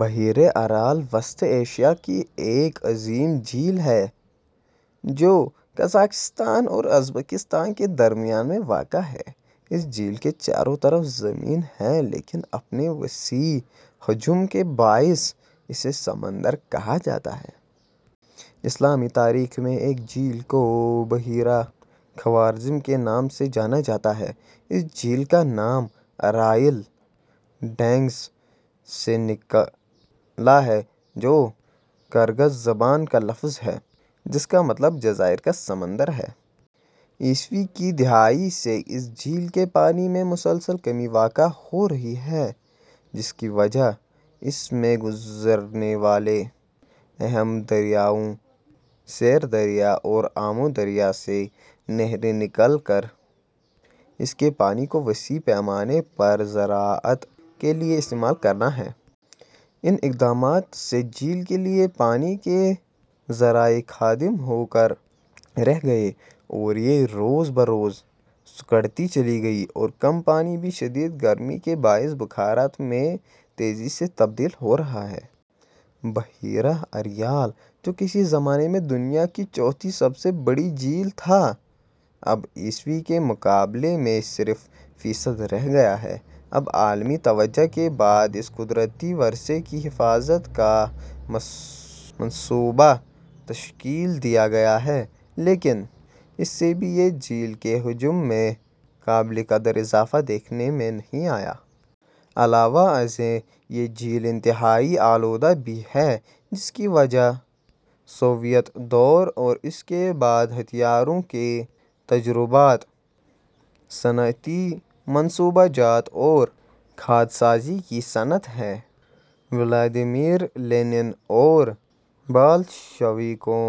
بحیرہ ارال وسط ایشیا کی ایک عظیم جھیل ہے جو قازقستان اور ازبکستان کے درمیان میں واقع ہے۔ اس جھیل کے چاروں طرف زمین ہے لیکن اپنے وسیع حجم کے باعث اسے سمندر کہا جاتا ہے۔ اسلامی تاریخ میں اس جھیل کو بحیرہ خوارزم کے نام سے جانا جاتا ہے۔ اس جھیل کا نام "ارال۔ ڈینگھز" سے نکلا ہے جو کرغز زبان کا لفظ ہے جس کا مطلب "جزائر کا سمندر" ہے۔ ء کی دہائی سے اس جھیل کے پانی میں مسلسل کمی واقع ہو رہی ہے جس کی وجہ اس میں گرنے والے اہم دریاؤں سیر دریا اور آمو دریا سے نہریں نکال کر اس کے پانی کو وسیع پیمانے پر زراعت کے لیے استعمال کرنا ہے۔ ان اقدامات سے جھیل کے لیے پانی کے ذرائع ختم ہو کر رہ گئے اور یہ روز بروز سکڑتی چلی گئی اور کم پانی بھی شدید گرمی کے باعث بخارات میں تیزی سے تبدیل ہو رہا ہے۔ بحیرہ ارال جو کسی زمانے میں دنیا کی چوتھی سب سے بڑی جھیل تھا اب ء کے مقابلے میں صرف فیصد رہ گیا ہے۔ اب عالمی توجہ کے بعد اس قدرتی ورثے کی حفاظت کا منصوبہ تشکیل دیا گیا ہے لیکن اس سے بھی جھیل کے حجم میں قابل قدر اضافہ دیکھنے میں نہیں آیا۔ علاوہ ازیں یہ جھیل انتہائی آلودہ بھی ہے جس کی وجہ سوویت دور اور اس کے بعد ہتھیاروں کے تجربات، صنعتی منصوبہ جات اور کھاد سازی کی صنعت ہے۔ ولادیمیر لینن اور بالشویکوں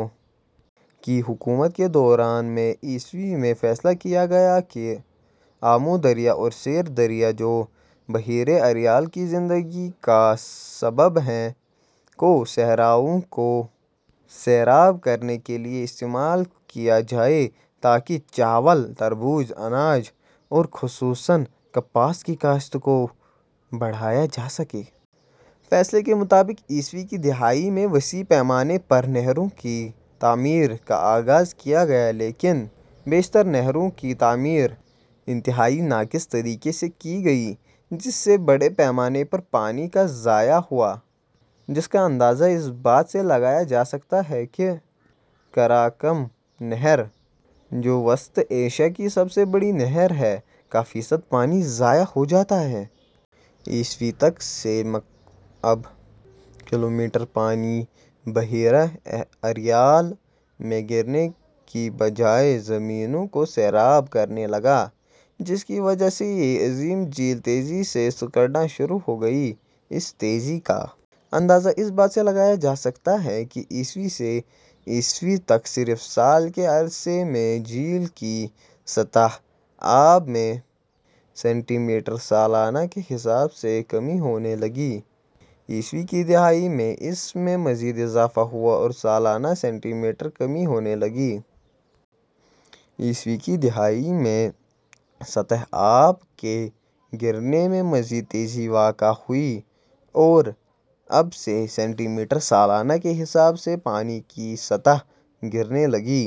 کی حکومت کے دوران میں ء میں فیصلہ کیا گیا کہ آمو دریا اور سیر دریا، جو بحیرہ ارال کی زندگی کا سبب ہیں، کو صحراؤں کو سیراب کرنے کے لیے استعمال کیا جائے تاکہ چاول ، تربوز ، اناج اور خصوصاً کپاس کی کاشت کو بڑھایا جاسکے۔ فیصلے کے مطابق ء کی دہائی میں وسیع پیمانے پر نہروں کی تعمیر کا آغاز کیا گیا لیکن بیشتر نہروں کی تعمیر انتہائی ناقص طریقے سے کی گئی جس سے بڑے پیمانے پر پانی کا ضیاع ہوا جس کا اندازہ اس بات سے لگایا جا سکتا ہے کہ قراقم نہر ، جو وسط ایشیا کی سب سے بڑی نہر ہے، کا فیصد پانی ضائع ہو جاتا ہے۔ ء تک سے مکعب کلومیٹر پانی بحیرہ ارال میں گرنے کی بجائے زمینوں کو سیراب کرنے لگا۔ جس کی وجہ سے یہ عظیم جھیل تیزی سے سکڑنا شروع ہو گئی۔ اس تیزی کا اندازہ اس بات سے لگایا جا سکتا ہے کہ ء سے ء تک صرف سال کے عرصے میں جھیل کی سطح آب میں سینٹی میٹر سالانہ کے حساب سے کمی ہونے لگی، ء کی دہائی میں اس میں مزید اضافہ ہوا اور سالانہ سینٹی میٹر کمی ہونے لگی۔ ء کی دہائی میں سطح آب کے گرنے میں مزید تیزی واقع ہوئی اور اب سے سینٹی میٹر سالانہ کے حساب سے پانی کی سطح گرنے لگی۔